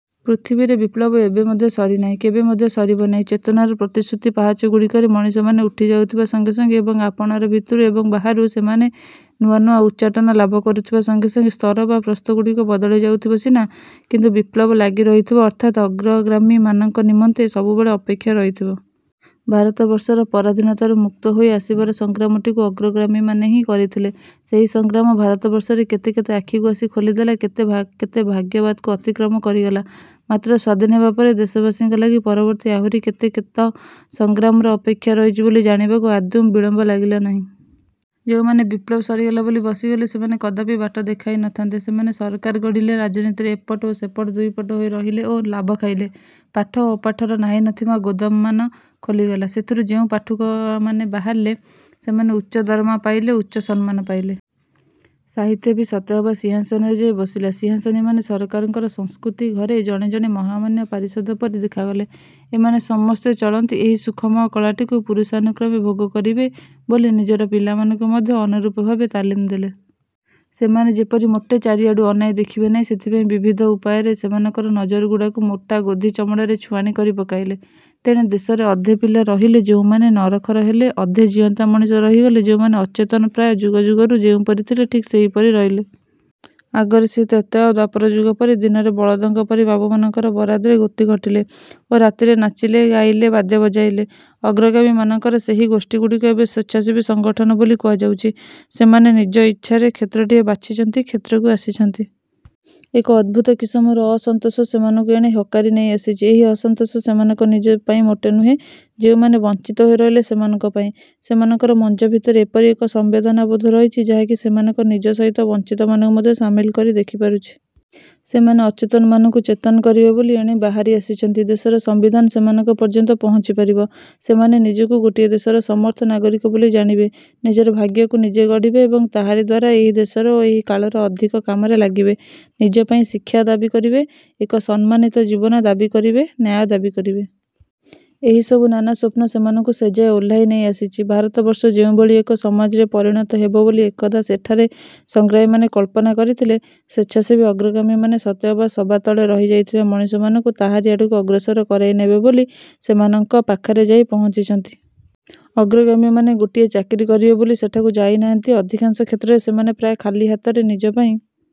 ପୃଥିବୀରେ ବିପ୍ଳବ ଏବେ ମଧ୍ୟ ସରିନାହିଁ, କେବେ ମଧ୍ୟ ସରିବ ନାହିଁ। ଚେତନାର ପ୍ରତିଶ୍ରୁତ ପାହାଚଗୁଡ଼ିକରେ ମଣିଷମାନେ ଉଠି ଯାଉଥିବା ସଙ୍ଗେ ସଙ୍ଗେ ଏବଂ ଆପଣାର ଭିତରୁ ଏବଂ ବାହାରୁ ସେମାନେ ନୂଆ ନୂଆ ଉଚ୍ଚାଟନା ଲାଭ କରୁଥିବା ସଙ୍ଗେ ସଙ୍ଗେ ସ୍ତର ବା ପ୍ରସ୍ଥଗୁଡ଼ିକ ବଦଳି ଯାଉଥିବ ସିନା କିନ୍ତୁ ବିପ୍ଳବ ଲାଗି ରହିଥିବ ଅର୍ଥାତ୍ ଅଗ୍ରଗାମୀ ମାନଙ୍କ ନିମନ୍ତେ ସବୁବେଳେ ଅପେକ୍ଷା ରହିଥିବ। ଭାରତବର୍ଷର ପରାଧିନତାରୁ ମୁକ୍ତ ହୋଇ ଆସିବାର ସଂଗ୍ରାମଟିକୁ ଅଗ୍ରଗାମୀମାନେ ହିଁ କରିଥିଲେ। ସେହି ସଂଗ୍ରାମ ଭାରତବର୍ଷରେ କେତେ କେତେ ଆଖିକୁ ଆସି ଖୋଲିଦେଲା, କେତେ କେତେ ଭାଗ୍ୟବାଦକୁ ଅତିକ୍ରମ କରିଗଲା। ମାତ୍ର ସ୍ୱାଧୀନ ହେବାପରେ ଦେଶବାସୀଙ୍କ ଲାଗି ପରବର୍ତ୍ତୀ ଆହୁରି କେତେ କେତ ସଂଗ୍ରାମର ଅପେକ୍ଷା ରହିଛି ବୋଲି ଜାଣିବାକୁ ଆଦୌ ବିଳମ୍ବ ଲାଗିଲା ନାହିଁ। ଯେଉଁମାନେ ବିପ୍ଳବ ସରିଗଲା ବୋଲି ବସିଗଲେ ସେମାନେ କଦାପି ବାଟ ଦେଖାଇ ନଥାନ୍ତେ। ସେମାନେ ସରକାର ଗଢିଲେ, ରାଜନୀତିରେ ଏପଟ ଓ ସେପଟ ଦୁଇପଟ ହୋଇ ରହିଲେ ଓ ଲାଭ ଖାଇଲେ। ପାଠ ଓ ଅପାଠର ନାହିଁ ନଥିବା ଗୋଦାମମାନ ଖୋଲିଗଲା। ସେଥିରୁ ଯେଉଁ ପାଠୁଆମାନେ ବାହାରିଲେ ସେମାନେ ଉଚ୍ଚ ଦରମା ପାଇଲେ, ଉଚ୍ଚ ସନମାନ ପାଇଲେ। ସାହିତ୍ୟ ବି ସତେଅବା ସିଂହାସନରେ ଯାଇ ବସିଲା। ସିଂହାସନୀମାନେ ସରକାରଙ୍କର ସଂସ୍କୃତି ଘରେ ଜଣେ ଜଣେ ମହାମାନ୍ୟ ପାରିଷଦ ପରି ଦେଖାଗଲେ। ଏମାନେ ସମସ୍ତେ ଚଳନ୍ତି ଏହି ସୁଖମୟ କଳାଟିକୁ ପୁରୁଷାନୁକ୍ରମେ ଭୋଗ କରିବେ ବୋଲି ନିଜର ପିଲାମାନଙ୍କୁ ମଧ୍ୟ ଅନୁରୂପ ଭାବେ ତାଲିମ ଦେଲେ। ସେମାନେ ଯେପରି ମୋଟେ ଚାରିଆଡ଼କୁ ଅନାଇ ଦେଖିବେ ନାହିଁ ସେଥିପାଇଁ ବିବିଧ ଉପାୟରେ ସେମାଙ୍କର ନଜର ଗୁଡ଼ାକୁ ମୋଟା ଗୋଧି ଚମଡ଼ାରେ ଛୁଆଣି କରି ପକାଇଲେ। ତେଣେ ଦେଶରେ ଅଧେ ପିଲା ରହିଲେ ଯେଉଁମାନେ ନରଖର ହେଲେ, ଅଧେ ଜିଅନ୍ତା ମଣିଷ ରହିଗଲେ ଯେଉଁମାନେ ଅଚେତନ ପ୍ରାୟ ଯୁଗ ଯୁଗରୁ ଯେଉଁପରି ଥିଲେ ଠିକ୍ ସେହିପରି ରହିଲେ। ଆଗର ସେହି ତ୍ରେତୟା ଓ ଦ୍ୱାପର ଯୁଗ ପରି ଦିନରେ ବଳଦଙ୍କ ପରି ବାବୁମାନଙ୍କର ବରାଦରେ ଗୋତି ଖଟିଲେ ଓ ରାତିରେ ନାଚିଲେ, ଗାଇଲେ, ବାଦ୍ୟ ବଜାଇଲେ। ଅଗ୍ରଗାମୀମାନଙ୍କର ସେହି ଗୋଷ୍ଠୀଗୁଡ଼ିକୁ ଏବେ ସ୍ୱେଚ୍ଛାସେବୀ ସଂଗଠନ ବୋଲି କୁହାଯାଉଛି। ସେମାନେ ନିଜ ଇଚ୍ଛାରେ କ୍ଷେତ୍ରଟିଏ ବାଛିଛନ୍ତି କ୍ଷେତ୍ରକୁ ଆସିଛନ୍ତି। ଏକ ଅଦ୍ଭୂତ କିସମର ଅସନ୍ତୋଷ ସେମାନଙ୍କୁ ଏଣେ ହକାରି ନେଇ ଆସିଛି। ଏହି ଅସନ୍ତୋଷ ସେମାନଙ୍କ ନିଜ ପାଇଁ ମୋଟେ ନୁହେଁ। ଯେଉଁମାନେ ବଞ୍ଚିତ ହୋଇ ରହିଲେ ସେମାନଙ୍କ ପାଇଁ ସେମାନଙ୍କର ମଞ୍ଜ ଭିତରେ ଏପରି ଏକ ସମ୍ବେଦନାବୋଧ ରହିଛି ଯାହାକି ସେମାନଙ୍କ ନିଜ ସହିତ ବଞ୍ଚିତମାନଙ୍କୁ ମଧ୍ୟ ସାମିଲ କରି ଦେଖିପାରୁଛି। ସେମାନେ ଅଚେତନମାନଙ୍କୁ ଚେତନ କରିବେ ବୋଲି ଏଣେ ବାହାରି ଆସିଛନ୍ତି। ଦେଶର ସମ୍ବିଧାନ ସେମାନଙ୍କ ପର୍ଯ୍ୟନ୍ତ ପହଞ୍ଚି ପାରିବ, ସେମାନେ ନିଜକୁ ଗୋଟିଏ ଦେଶର ସମର୍ଥ ନାଗରିକ ବୋଲି ଜାଣିବେ, ନିଜର ଭାଗ୍ୟକୁ ନିଜେ ଗଢିବେ ଏବଂ ତାହାରି ଦ୍ୱାରା ଏହି ଦେଶର ଓ ଏହି କାଳର ଅଧିକ କାମରେ ଲାଗିବେ, ନିଜ ପାଇଁ ଶିକ୍ଷା ଦାବି କରିବେ, ଏକ ସମ୍ମାନିତ ଜୀବନ ଦାବି କରିବେ, ନ୍ୟାୟ ଦାବି କରିବେ। ଏହିସବୁ ନାନା ସ୍ୱପ୍ନ ସେମାନଙ୍କୁ ସେଯାଏ ଓହ୍ଲାଇ ନେଇ ଆସିଛି। ଭାରତବର୍ଷ ଯେଉଁଭଳି ଏକ ସମାଜରେ ପରିଣତ ହେବ ବୋଲି ଏକଦା ଏଠାରେ ସଂଗ୍ରାମୀମାନେ କଳ୍ପନା କରିଥିଲେ, ସ୍ୱେଚ୍ଛାସେବୀ ଅଗ୍ରଗାମୀମାନେ ସତେ ଅବା ସବାତଳେ ରହି ଯାଇଥିବା ମଣିଷମାନଙ୍କୁ ତାହାରି ଆଡ଼କୁ ଅଗ୍ରସର କରାଇନେବେ ବୋଲି ସେମାନଙ୍କ ପାଖରେ ଯାଇ ପହଞ୍ଚିଛନ୍ତି। ଅଗ୍ରଗାମୀମାନେ ଗୋଟିଏ ଚାକିରି କରିବେ ବୋଲି ସେଠାକୁ ଯାଇନାହାନ୍ତି। ଅଧିକାଂଶ କ୍ଷେତ୍ରରେ ସେମାନେ ପ୍ରାୟ ଖାଲି ହାତରେ ନିଜ ପାଇଁ